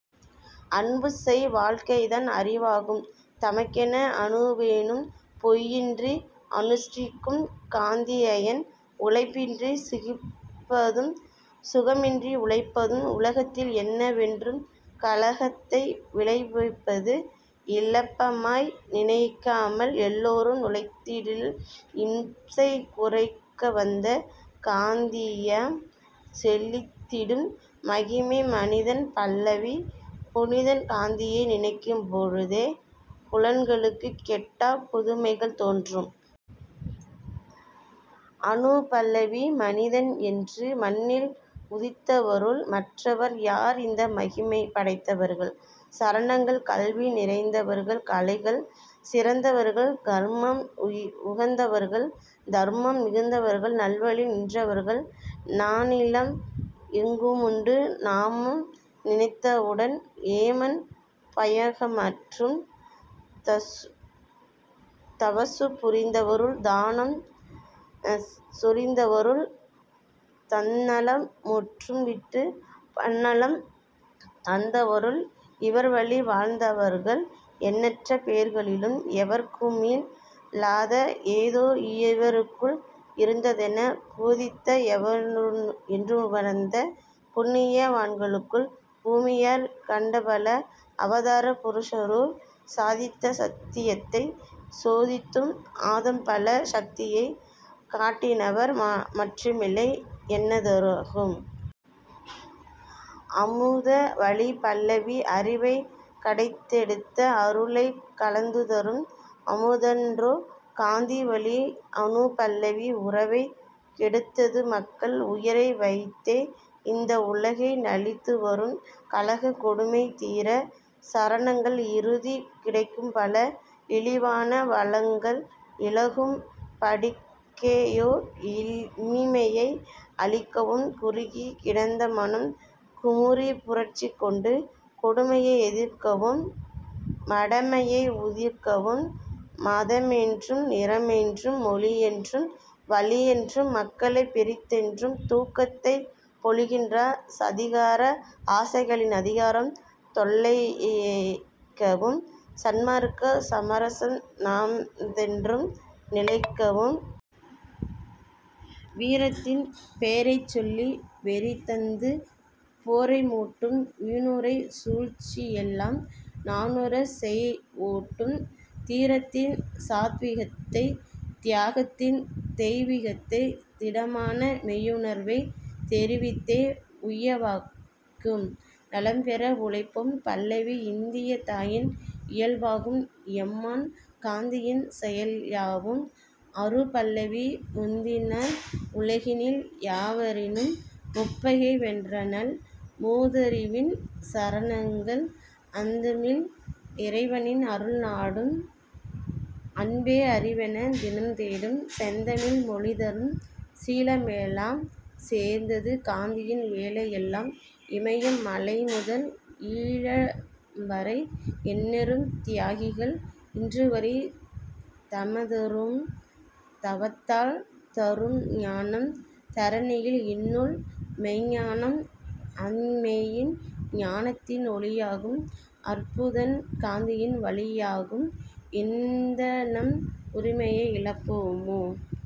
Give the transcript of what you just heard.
அன்புசெய் வாழ்க்கைதான் அறிவாகும் தமக்கென அணுவேனும் பொய்யின்றி அனுஷ்டிக்கும் காந்திஐயன். உழைப்பின்றிச் சுகிப்பதும் சுகமின்றி உழைப்பதும் உலகத்தில் என்றென்றும் கலகத்தை விளைவிப்பது. இளப்பமாய் நினைக்காமல் எல்லாரும் உழைத்திடில் இம்சை குறைக்கவந்த காந்தீயம் செழித்திடும்.. மகிமை மனிதன் பல்லவி புனிதன் காந்தியை நினைக்கும் பொழுதே புலன்களுக் கெட்டாப் புதுமைகள் தோன்றும். அநுபல்லவி மனிதன் என்று மண்ணில் உதித்தவருள் மற்றவர் யாவர்இந்த மகிமை படைத்தவர்கள்? சரணங்கள் கல்வி நிறைந்தவர்கள் கலைகள் சிறந்தவர்கள் கர்மம் உகந்தவர்கள் தர்மம் மிகுந்தவர்கள் நல்வழி நின்றவர்கள் நானிலம் எங்குமுண்டு நாமம் நினைத்தவுடன் ஏமன் பயமகற்றும். தவசு புரிந்தவருள் தானம் சொரிந்தவருள் தந்நலம் முற்றும்விட்டுப் பன்னலம் தந்தவருள் இவர்வழி வாழ்ந்தவர்கள் எண்ணற்ற பேர்களிலும் எவர்க்குமில் லாதஎதோ இவர்க்குள் இருந்ததென போதிக்க என்றுவந்த புண்ணிய வான்களுக்குள் பூமியிற் கண்டபல அவதார புருஷருள் சாதித்துச் சத்தியத்தைச் சோதித்தும் ஆதம்பல சக்தியைக் காட்டினவர் மற்றில்லை என்னத்தகும்.. அமுத வழி பல்லவி அறிவைக் கடைந்தெடுத்த அருளைக் கலந்துதரும் அமுதன்றோ காந்தி வழி அநுபல்லவி உறவைக் கெடுத்துமக்கள் உயிரை வதைத்தேஇந்த உலகை நலித்துவரும் கலகக் கொடுமைதீர சரணங்கள் இறுகிக் கிடக்கும்பல இழிவான வழக்கங்கள் இளகும் படிக்கேயோர் இனிமையை அளிக்கவும் குறுகிக் கிடந்தமனம் குமுறிப் புரட்சி கொண்டு கொடுமையை எதிர்க்கவும் மடமையை உதிர்க்கவும் மதமென்றும் நிறமென்றும் மொழியென்றும் வழியென்றும் மக்களைப் பிரித்தென்றும் துக்கத்தைப் பொழிகின்ற சதிகார ஆசைகளின் அதிகாரம் தொலைக்கவும் சன்மார்க்க சமரசம் நமதென்றும் நிலைக்கவும். வீரத்தின் பேரைச்சொல்லி வெறிதந்து போரைமூட்டும் வீணுரை சூழ்ச்சியெல்லாம் நாணுறச் செய்ஓட்டும் தீரத்தின் சாத்வீகத்தைத் த்யாகத்தின் தெய்விகத்தைத் திடமான மெய்யுணர்வைத் தெரிவித்தே உய்யவைக்கும்.. நலம் பெற உழைப்போம் பல்லவி இந்தியத் தாயின் இயல்பாகும் எம்மான் காந்தியின் செயல்யாவும். அநுபல்லவி முந்தினள் உலகினில் யாவரினும் முப்பகை வென்றநல் மூதறிவின் சரணங்கள் அந்தமில் இறைவனின் அருள்நாடும் அன்பே அறிவெனத் தினம்தேடும் செந்தமிழ் மொழிதரும் சீலமெலாம் சேர்ந்தது காந்தியின் வேலையெல்லாம் இமயம் மலைமுதல் ஈழம்வரை எண்ணரும் த்யாகிகள் இன்றுவரை தமதரும் தவத்தால் தரும்ஞானம் தரணியில் இன்றுள மெய்ஞ்ஞானம் அந்தமெய்ஞ் ஞானத்தின் ஒளியாகும் அற்புதன் காந்தியின் வழியாகும் இந்தநம் உரிமையை இழப்போமோ?